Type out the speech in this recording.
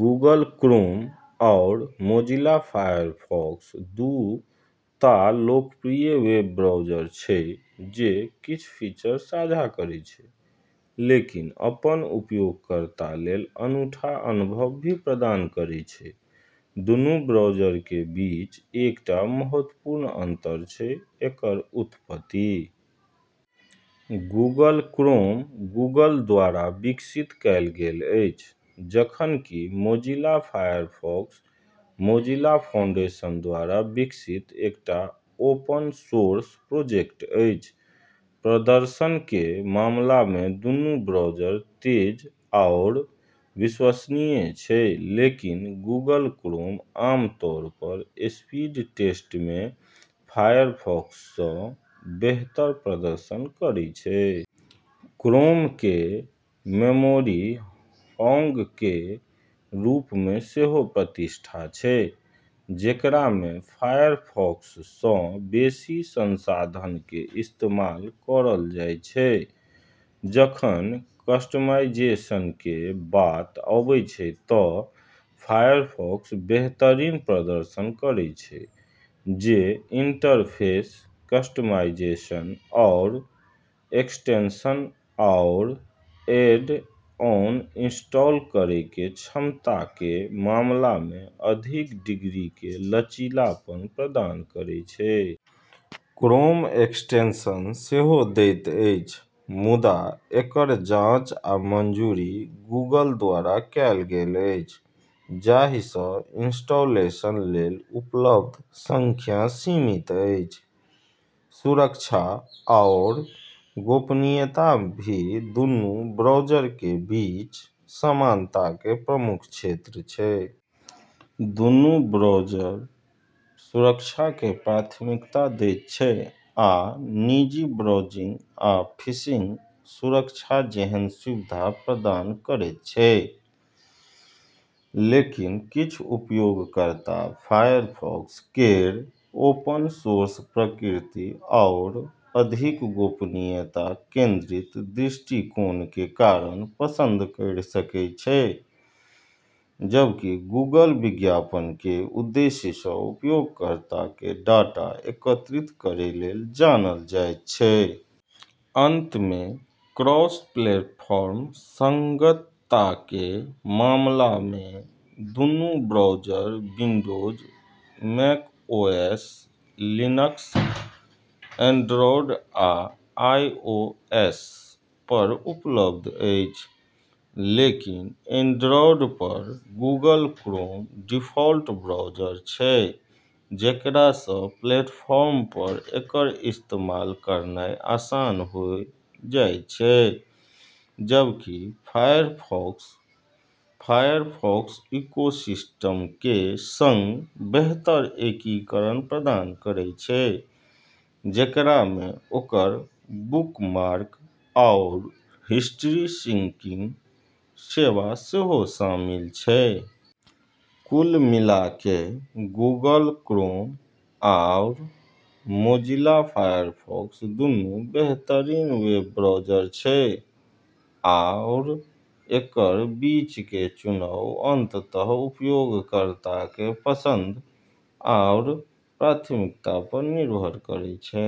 Google Chrome आओर Mozilla Firefox दू ता लोकप्रिय वेब ब्राउज़र छै जे किछ फीचर साझा करै छै, लेकिन अपन उपयोगकर्ता लेल अनूठा अनुभव भी प्रदान करै छै। दुन्नू ब्राउज़रके बीच एकटा महत्वपूर्ण अंतर छै एकर उत्पत्ति। गूगल क्रोम गूगल द्वारा विकसित कएल गेल अछि, जखन कि मोजिला फायरफॉक्स मोजिला फाउंडेशन द्वारा विकसित एकटा ओपन-सोर्स प्रोजेक्ट अछि। प्रदर्शनके मामलामे दुन्नू ब्राउज़र तेज आओर विश्वसनीय छै, लेकिन गूगल क्रोम आम तौर पर स्पीड टेस्टमे फायरफॉक्ससँ बेहतर प्रदर्शन करै छै। क्रोमके मेमोरी हॉगके रूपमे सेहो प्रतिष्ठा छै, जेकरामे फायरफॉक्ससँ बेशी संसाधनके इस्तेमाल करल जाइ छै। जखनि कस्टमाइजेशनके बात आबै छै त' फायरफॉक्स बेहतरीन प्रदर्शन करै छै, जे इंटरफेस कस्टमाइजेशन आओर एक्सटेंशन आओर ऐड-ऑन इंस्टॉल करैके क्षमताके मामलामे अधिक डिग्रीके लचीलापन प्रदान करै छै। क्रोम एक्सटेंशन सेहो दैत अछि, मुदा एकर जाँच आ मंजूरी गूगल द्वारा कएल गेल अछि, जाहिसँ इंस्टॉलेशन लेल उपलब्ध संख्या सीमित अछि। सुरक्षा आओर गोपनीयता भी दुन्नू ब्राउज़रके बीच समानताके प्रमुख क्षेत्र छै। दुन्नू ब्राउज़र सुरक्षाके प्राथमिकता दैत छै आ निजी ब्राउजिंग आ फिशिंग सुरक्षा जेहन सुविधा प्रदान करैत छै। लेकिन किछ उपयोगकर्ता फायरफॉक्स केर ओपन-सोर्स प्रकृति आओर अधिक गोपनीयता केंद्रित दृष्टिकोणके कारण पसंद करि सकै छै, जबकि गूगल विज्ञापनके उद्देश्यसँ उपयोगकर्ताके डाटा एकत्रित करै लेल जानल जाइत छै। अंत में, क्रॉस-प्लेटफॉर्म संगतताके मामलामे, दुन्नू browser Windows, mac OS, Linux, Android, आ आईओएस पर उपलब्ध अछि। लेकिन एंड्रॉयड पर गूगल क्रोम डिफ़ॉल्ट ब्राउज़र छै, जेकरासँ प्लेटफॉर्म पर एकर इस्तेमाल करनाइ आसान होइ जाइ छै, जबकि फायरफॉक्स, फायरफॉक्स इकोसिस्टमके सङ्ग बेहतर एकीकरण प्रदान करै छै, जेकरामे ओकर बुकमार्क आओर हिस्ट्री सिंकिंग सेवा सेहो शामिल छै। कुल मिलाके गूगल क्रोम आओर मोजिला फायरफॉक्स दुन्नू बेहतरीन वेब ब्राउज़र छै, आओर एकर बीचके चुनाव अंततः उपयोगकर्ताके पसंद आओर प्राथमिकता पर निर्भर करै छै।